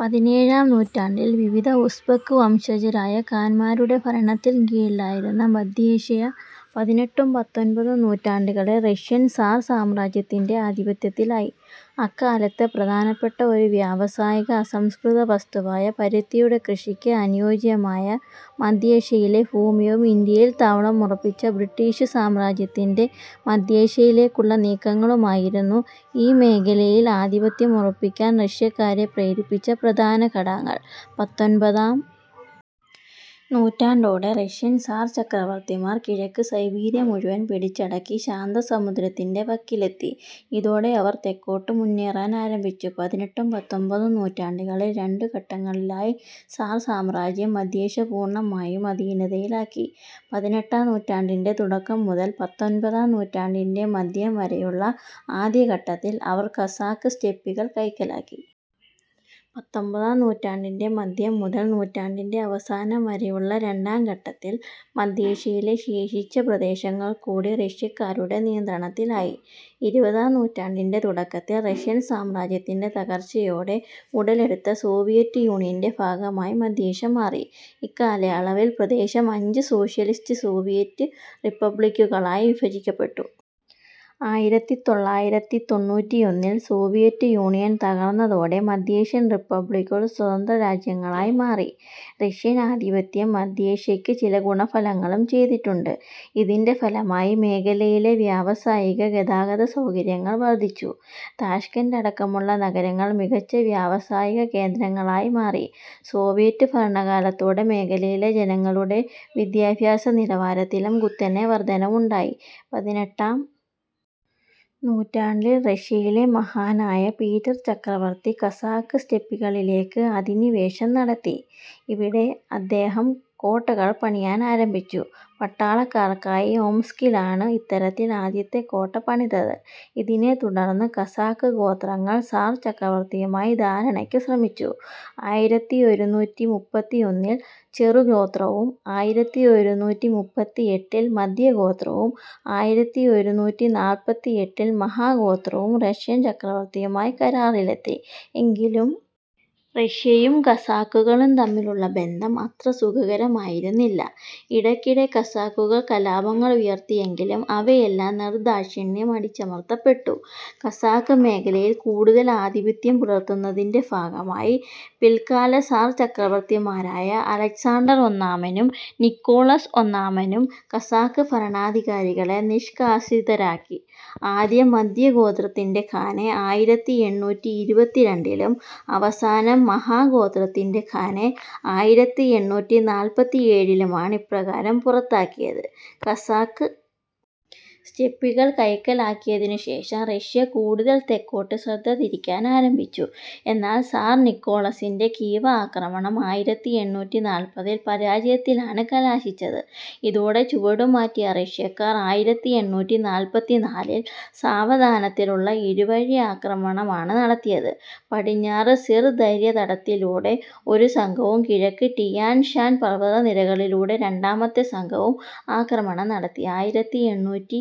പതിനേഴാം നൂറ്റാണ്ടിൽ വിവിധ ഉസ്ബെക് വംശജരായ ഖാന്മാരുടെ ഭരണത്തിൻ കീഴിലായിരുന്ന മധ്യേഷ്യ പതിനെട്ടും പത്തൊമ്പതും നൂറ്റാണ്ടുകളിൽ റഷ്യൻ സാർ സാമ്രാജ്യത്തിൻ്റെ ആധിപത്യത്തിലായി. അക്കാലത്തെ പ്രധാനപ്പെട്ട ഒരു വ്യാവസായിക അസംസ്കൃതവസ്തുവായ പരുത്തിയുടെ കൃഷിക്ക് അനുയോജ്യമായ മധ്യേഷ്യയിലെ ഭൂമിയും ഇന്ത്യയിൽ താവളമുറപ്പിച്ച ബ്രിട്ടീഷ് സാമ്രാജ്യത്തിൻ്റെ മധ്യേഷ്യയിലേക്കുള്ള നീക്കങ്ങളുമായിരുന്നു ഈ മേഖലയിൽ ആധിപത്യമുറപ്പിക്കാൻ റഷ്യക്കാരെ പ്രേരിപ്പിച്ച പ്രധാന ഘടകങ്ങൾ. പത്തൊമ്പതാം നൂറ്റാണ്ടോടെ റഷ്യൻ സാർ ചക്രവർത്തിമാർ കിഴക്ക് സൈബീരിയ മുഴുവൻ പിടിച്ചടക്കി ശാന്തസമുദ്രത്തിൻ്റെ വക്കിലെത്തി. ഇതോടെ അവർ തെക്കോട്ട് മുന്നേറാനാരംഭിച്ചു. പതിനെട്ടും പത്തൊമ്പതും നൂറ്റാണ്ടുകളിൽ രണ്ടു ഘട്ടങ്ങളിലായി സാർ സാമ്രാജ്യം മധ്യേഷ്യ പൂർണമായും അധീനതയിലാക്കി. പതിനെട്ടാം നൂറ്റാണ്ടിൻ്റെ തുടക്കം മുതൽ പത്തൊമ്പതാം നൂറ്റാണ്ടിൻ്റെ മധ്യം വരെയുള്ള ആദ്യഘട്ടത്തിൽ അവർ കസാഖ് സ്റ്റെപ്പികൾ കൈക്കലാക്കി. പത്തൊമ്പതാം നൂറ്റാണ്ടിൻ്റെ മധ്യം മുതൽ നൂറ്റാണ്ടിൻ്റെ അവസാനം വരെയുള്ള രണ്ടാം ഘട്ടത്തിൽ മധ്യേഷ്യയിലെ ശേഷിച്ച പ്രദേശങ്ങൾ കൂടി റഷ്യക്കാരുടെ നിയന്ത്രണത്തിലായി. ഇരുപതാം നൂറ്റാണ്ടിൻ്റെ തുടക്കത്തിൽ റഷ്യൻ സാമ്രാജ്യത്തിൻ്റെ തകർച്ചയോടെ ഉടലെടുത്ത സോവിയറ്റ് യൂണിയൻ്റെ ഭാഗമായി മധ്യേഷ്യ മാറി. ഇക്കാലയളവിൽ പ്രദേശം അഞ്ച് സോഷ്യലിസ്റ്റ് സോവിയറ്റ് റിപ്പബ്ലിക്കുകളായി വിഭജിക്കപ്പെട്ടു. ആയിരത്തിത്തൊള്ളായിരത്തി തൊണ്ണൂറ്റിയൊന്നിൽ സോവിയറ്റ് യൂണിയൻ തകർന്നതോടെ മധ്യേഷ്യൻ റിപ്പബ്ലിക്കുകൾ സ്വതന്ത്രരാജ്യങ്ങളായി മാറി. റഷ്യൻ ആധിപത്യം മധ്യേഷ്യക്ക് ചില ഗുണഫലങ്ങളും ചെയ്തിട്ടുണ്ട്. ഇതിൻ്റെ ഫലമായി മേഖലയിലെ വ്യാവസായിക ഗതാഗതസൗകര്യങ്ങൾ വർധിച്ചു. താഷ്കന്റ് അടക്കമുള്ള നഗരങ്ങൾ മികച്ച വ്യാവസായികകേന്ദ്രങ്ങളായി മാറി. സോവിയറ്റ് ഭരണകാലത്താകട്ടെ മേഖലയിലെ ജനങ്ങളുടെ വിദ്യാഭ്യാസനിലവാരത്തിലും കുത്തനെ വർധനവുണ്ടായി. പതിനെട്ടാം നൂറ്റാണ്ടിൽ റഷ്യയിലെ മഹാനായ പീറ്റർ ചക്രവർത്തി കസാഖ് സ്റ്റെപ്പികളിലേക്ക് അധിനിവേശം നടത്തി. ഇവിടെ അദ്ദേഹം കോട്ടകൾ പണിയാനാരംഭിച്ചു. പട്ടാളക്കാർക്കായി ഓംസ്കിലാണ് ഇത്തരത്തിൽ ആദ്യത്തെ കോട്ട പണിതത്. ഇതിനെത്തുടർന്ന് കസാഖ് ഗോത്രങ്ങൾ സാർ ചക്രവർത്തിയുമായി ധാരണയ്ക്ക് ശ്രമിച്ചു. ആയിരത്തിയെഴുന്നൂറ്റി മുപ്പത്തിയൊന്നിൽ ചെറുഗോത്രവും ആയിരത്തിയെഴുന്നൂറ്റി മുപ്പത്തിയെട്ടിൽ മധ്യഗോത്രവും ആയിരത്തിയെഴുന്നൂറ്റി നാല്പത്തിയെട്ടിൽ മഹാഗോത്രവും റഷ്യൻ ചക്രവർത്തിയുമായി കരാറിലെത്തി. എങ്കിലും റഷ്യയും കസാഖുകളും തമ്മിലുള്ള ബന്ധം അത്ര സുഖകരമായിരുന്നില്ല. ഇടയ്ക്കിടെ കസാഖുകൾ കലാപങ്ങളുയർത്തിയെങ്കിലും അവയെല്ലാം നിർദാക്ഷിണ്യം അടിച്ചമർത്തപ്പെട്ടു. കസാഖ് മേഖലയിൽ കൂടുതൽ ആധിപത്യം പുലർത്തുന്നതിൻ്റെ ഭാഗമായി പിൽക്കാല സാർ ചക്രവർത്തിമാരായ അലക്സാണ്ടർ ഒന്നാമനും നിക്കോളസ് ഒന്നാമനും കസാഖ് ഭരണാധികാരികളെ നിഷ്കാസിതരാക്കി. ആദ്യം മധ്യഗോത്രത്തിൻ്റെ ഖാനെ ആയിരത്തിയെണ്ണൂറ്റി ഇരുപത്തിരണ്ടിലും അവസാനം മഹാഗോത്രത്തിൻ്റെ ഖാനെ ആയിരത്തിയെണ്ണൂറ്റി നാല്പത്തിയേഴിലുമാണ് ഇപ്രകാരം പുറത്താക്കിയത്. കസാഖ് സ്റ്റെപ്പികൾ കൈക്കലാക്കിയതിനുശേഷം റഷ്യ കൂടുതൽ തെക്കോട്ട് ശ്രദ്ധതിരിക്കാനാരംഭിച്ചു. എന്നാൽ സാർ നിക്കോളസിൻ്റെ ഖീവ ആക്രമണം ആയിരത്തിയെണ്ണൂറ്റി നാല്പതിൽ പരാജയത്തിലാണ് കലാശിച്ചത്. ഇതോടെ ചുവടുമാറ്റിയ റഷ്യക്കാർ ആയിരത്തിയെണ്ണൂറ്റി അറുപത്തിനാലിൽ സാവധാനത്തിലുള്ള ഇരുവഴി ആക്രമണമാണ് നടത്തിയത്. പടിഞ്ഞാറ് സിർ ദര്യ തടത്തിലൂടെ ഒരു സംഘവും കിഴക്ക് ടിയാൻ ഷാൻ പർവതനിരകളിലൂടെ രണ്ടാമത്തെ സംഘവും ആക്രമണം നടത്തി. ആയിരത്തിയെണ്ണൂറ്റി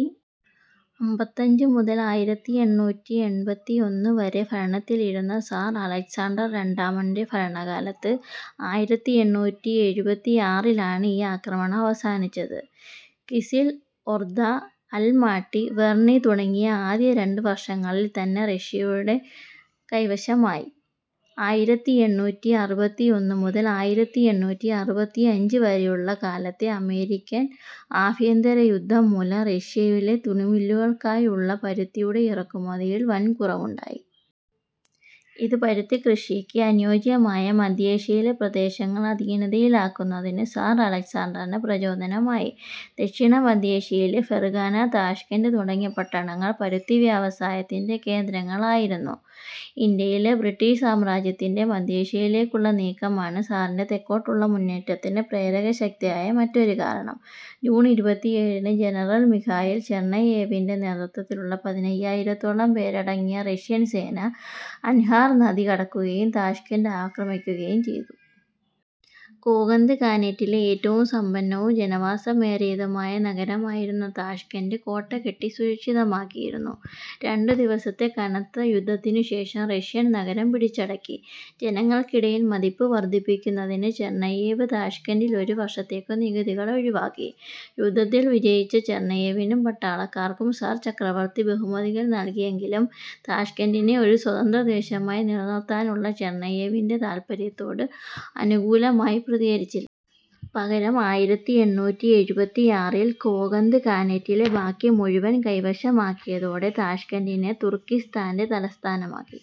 അമ്പത്തഞ്ച് മുതൽ ആയിരത്തിയെണ്ണൂറ്റി എൺപത്തിയൊന്നുവരെ ഭരണത്തിലിരുന്ന സാർ അലക്സാണ്ടർ രണ്ടാമൻ്റെ ഭരണകാലത്ത് ആയിരത്തിയെണ്ണൂറ്റി എഴുപത്തിയാറിലാണ് ഈ ആക്രമണം അവസാനിച്ചത്. കിസിൽ ഒർദ. അൽമാട്ടി. വെർണി തുടങ്ങിയവ ആദ്യ രണ്ടുവർഷങ്ങളിൽത്തന്നെ റഷ്യയുടെ കൈവശമായി. ആയിരത്തിയെണ്ണൂറ്റി അറുപത്തിയൊന്ന് മുതൽ ആയിരത്തിയെണ്ണൂറ്റി അറുപത്തിയഞ്ച് വരെയുള്ള കാലത്തെ അമേരിക്കൻ ആഭ്യന്തരയുദ്ധം മൂലം റഷ്യയിലെ തുണിമില്ലുകൾക്കായുള്ള പരുത്തിയുടെ ഇറക്കുമതിയിൽ വൻകുറവുണ്ടായി. ഇത് പരുത്തിക്കൃഷിക്ക് അനുയോജ്യമായ മധ്യേഷ്യയിലെ പ്രദേശങ്ങൾ അധീനതയിലാക്കുന്നതിന് സാർ അലക്സാണ്ടറിന് പ്രചോദനമായി. ദക്ഷിണ മധ്യേഷ്യയിലെ ഫെർഗാന. താഷ്കന്റ് തുടങ്ങിയ പട്ടണങ്ങൾ പരുത്തിവ്യവസായത്തിൻ്റെ കേന്ദ്രങ്ങളായിരുന്നു. ഇന്ത്യയിലെ ബ്രിട്ടീഷ് സാമ്രാജ്യത്തിൻ്റെ മധ്യേഷ്യയിലേക്കുള്ള നീക്കമാണ് സാറിൻ്റെ തെക്കോട്ടുള്ള മുന്നേറ്റത്തിന് പ്രേരകശക്തിയായ മറ്റൊരു കാരണം. ജൂൺ ഇരുപത്തിയേഴിന് ജനറൽ മിഖായിൽ ചെർണയേവിൻ്റെ നേതൃത്വത്തിലുള്ള പതിനയ്യായിരത്തോളം പേരടങ്ങിയ റഷ്യൻ സേന അൻഹാർ നദി കടക്കുകയും താഷ്കന്റ് ആക്രമിക്കുകയും ചെയ്തു. കോകന്ദ് ഖാനേറ്റിലെ ഏറ്റവും സമ്പന്നവും ജനവാസമേറിയതുമായ നഗരമായിരുന്ന താഷ്കന്റ് കോട്ട കെട്ടി സുരക്ഷിതമാക്കിയിരുന്നു. രണ്ടു ദിവസത്തെ കനത്ത യുദ്ധത്തിനുശേഷം റഷ്യക്കാർ നഗരം പിടിച്ചടക്കി. ജനങ്ങൾക്കിടയിൽ മതിപ്പ് വർധിപ്പിക്കുന്നതിന് ചെർണയേവ് താഷ്കന്റിൽ ഒരു വർഷത്തേക്ക് നികുതികൾ ഒഴിവാക്കി. യുദ്ധത്തിൽ വിജയിച്ച ചെർണയേവിനും പട്ടാളക്കാർക്കും സാർ ചക്രവർത്തി ബഹുമതികൾ നൽകിയെങ്കിലും താഷ്കന്റിനെ ഒരു സ്വതന്ത്രദേശമായി നിലനിർത്താനുള്ള ചെർണയേവിൻ്റെ താൽപര്യത്തോട് അനുകൂലമായി പ്രതികരിച്ചില്ല. പകരം ആയിരത്തിയെണ്ണൂറ്റി എഴുപത്തിയാറിൽ ഖോകന്ദ് ഖാനേറ്റിൻ്റെ ബാക്കി മുഴുവൻ കൈവശമാക്കിയതോടെ താഷ്കന്റിനെ തുർക്കിസ്താൻ്റെ തലസ്ഥാനമാക്കി.